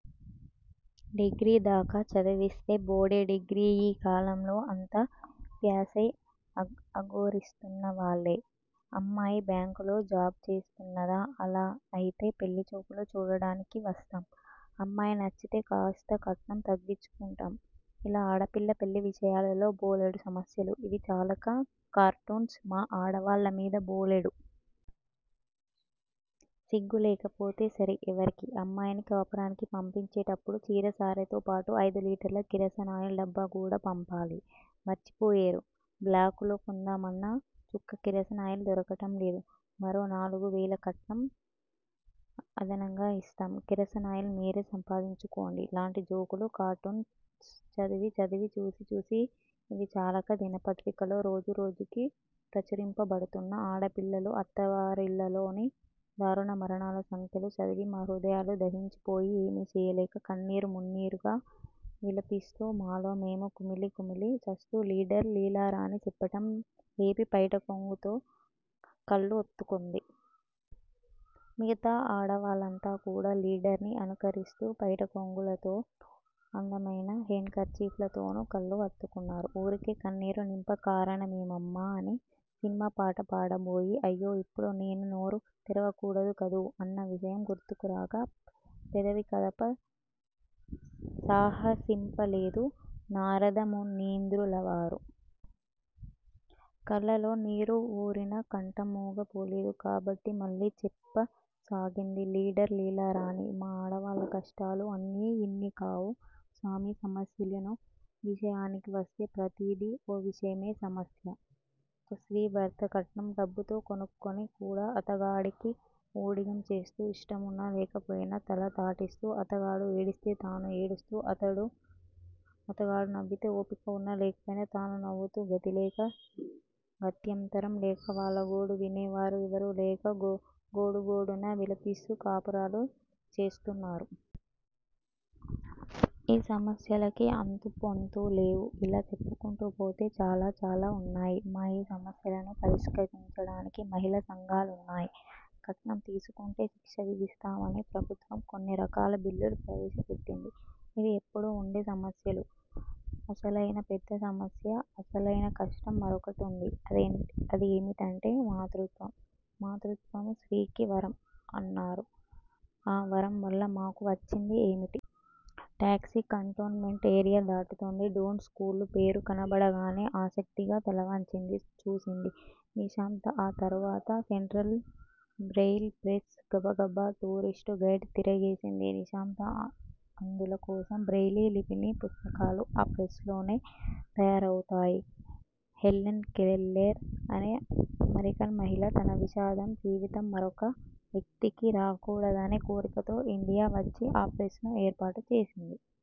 డిగ్రీదాకా చదివిస్తే బోడి డిగ్రీ యీ కాలంలో అంతా ప్యాసై అఘోరిస్తున్నవాళ్ళే అమ్మాయి బ్యాంకులో జాబ్ చేస్తున్నదా! అలా అయితే పెళ్ళిచూపులు చూడటానికి వస్తాం. అమ్మాయి నచ్చితే కాస్త కట్నం తగ్గించుకుంటాం. ఇలా ఆడపిల్ల పెళ్ళివిషయాలలో బోలెడు సమస్యలు ఇవి చాలక కార్టూన్స్ మా ఆడవాళ్ళమీద బోలెడు. సిగ్గులేకపోతే సరి ఎవరికి? అమ్మాయిని కాపురానికి పంపించేటప్పుడు చీరసారెతోపాటు అయిదు లీటర్ ల కిరసనాయిలు డబ్బా కూడా పంపాలి. మర్చిపోయేరు? బ్లాకులో కొందామన్నా చుక్క కిరసనాయిల్ దొరకటంలేదు. మరో నాలుగువేళ కట్నం అదనంగా యిస్తాం. కిరసనాయిలు మీరే సంపాదించుకోండి లాంటి జోకులు కార్టూన్స్ చదివి చదివి చూసిచూసి ఇవి చాలక దిన పత్రికలలో రోజురోజుకి ప్రచురింపబడుతున్న ఆడపిల్లలు అత్తవారిళ్ళలోని దారుణ మరణాల సంఖ్యలు చదివి మా హృదయాలు దహించిపోగా ఎమీచేయలేక కన్నీరు మున్నీరుగా విలపిస్తూ మాలో మేము కుమిలి కుమిలి చస్తూ లీడర్ లీలారాణి చెప్పటం లేపి పైటకొంగుతో కళ్ళు ఒత్తుకుంది. మిగతా ఆడవాళ్ళంతా కూడా లీడర్ ని అనుకరిస్తూ పైట కొంగులతోను అందమైన హేండ్ కర్చీఫ్ లతోను కళ్ళు వత్తుకున్నారు. ఊరికే కన్నీరు నింప కారణమేమమ్మా! అని సినిమా పాట పాడబోయి అయ్యో ఇప్పుడు నేను నోరు తెరవకూడదు కదూ. అన్న విషయం గుర్తుకురాగా పెదవి కదప సాహసింపలేదు నారదమునీంద్రులవారు. కళ్ళల్లో నీరు వూరినా కంఠం మూగపోలేదు కాబట్టి మళ్ళీ చెప్పసాగింది లీడర్ లీలారాణి. మా ఆడవాళ్ళ కష్టాలు అన్నీ యిన్నీకావు స్వామీ! సమస్యల విషయానికి వస్తే ప్రతీదీ ఓ విషమ సమస్యే. ఒక స్త్రీ భర్తని కట్నం డబ్బుతో కొనుక్కుని కూడా అతగాడికి ఊడిగం చేస్తూ ఇష్టమున్నా లేకపోయినా తల తాటిస్తూ అతగాడు ఏడిస్తే తానూ ఏడుస్తూ అతగాడు నవ్వితే ఓపిక వున్నా లేకపోయినా తనూ నవ్వుతూ గతిలేక గత్యంతరం లేక వాళ్ళగోడు వినేవారు ఎవరూలేక గోడుగోడున విలపిస్తూ కాపురాలు చేస్తున్నారు. ఈ సమస్యలకి అంతూపొంతూ లేవు. ఇలా చెప్పుకుంటూ పోతే చాలాచాలా వున్నాయి. మా యీ సమస్యలు పరిష్కరించటానికి మహిళా సంఘాలున్నాయి. కట్నం తీసుకుంటే శిక్ష విధిస్తామని ప్రభుత్వము కొన్నిరకాల బిల్లులు ప్రవేశపెట్టింది. ఇవి ఎప్పుడూ వుండే సమస్యలు. అసలయిన పెద్ద సమస్య. అసలయిన కష్టం మరొకటుంది అదేమిటంటే మాతృత్వం మాతృత్వము స్త్రీకి వరం అన్నారు ఆ వరంవల్ల మాకు వచ్చింది ఏమిటి? టాక్సీ కంటోన్ మెంటు ఏరియా దాటుతోంది. డూన్ స్కూలు పేరు కనబడగానే ఆసక్తిగా తలవంచి చూసింది నిశాంత. ఆ తర్వాత సెంట్రల్ బ్రెయిలీ ప్రెస్, గబగబా టూరిస్టు గైడ్ తిరగేసింది నిశాంత. అంధుల కోసం బ్రెయిలీ లిపిలో పుస్తకాలు ఆ ప్రెస్ లోనే తయారవుతాయి. హెల్లెన్ కెల్లెర్ అనే అమరికన్ మహిళ తన విషాద జీవితం మరొక వ్యక్తికి రాగూడదనే కోరికతో ఇండియా వచ్చి ఆ ప్రెస్ ను ఏర్పాటు చేసింది.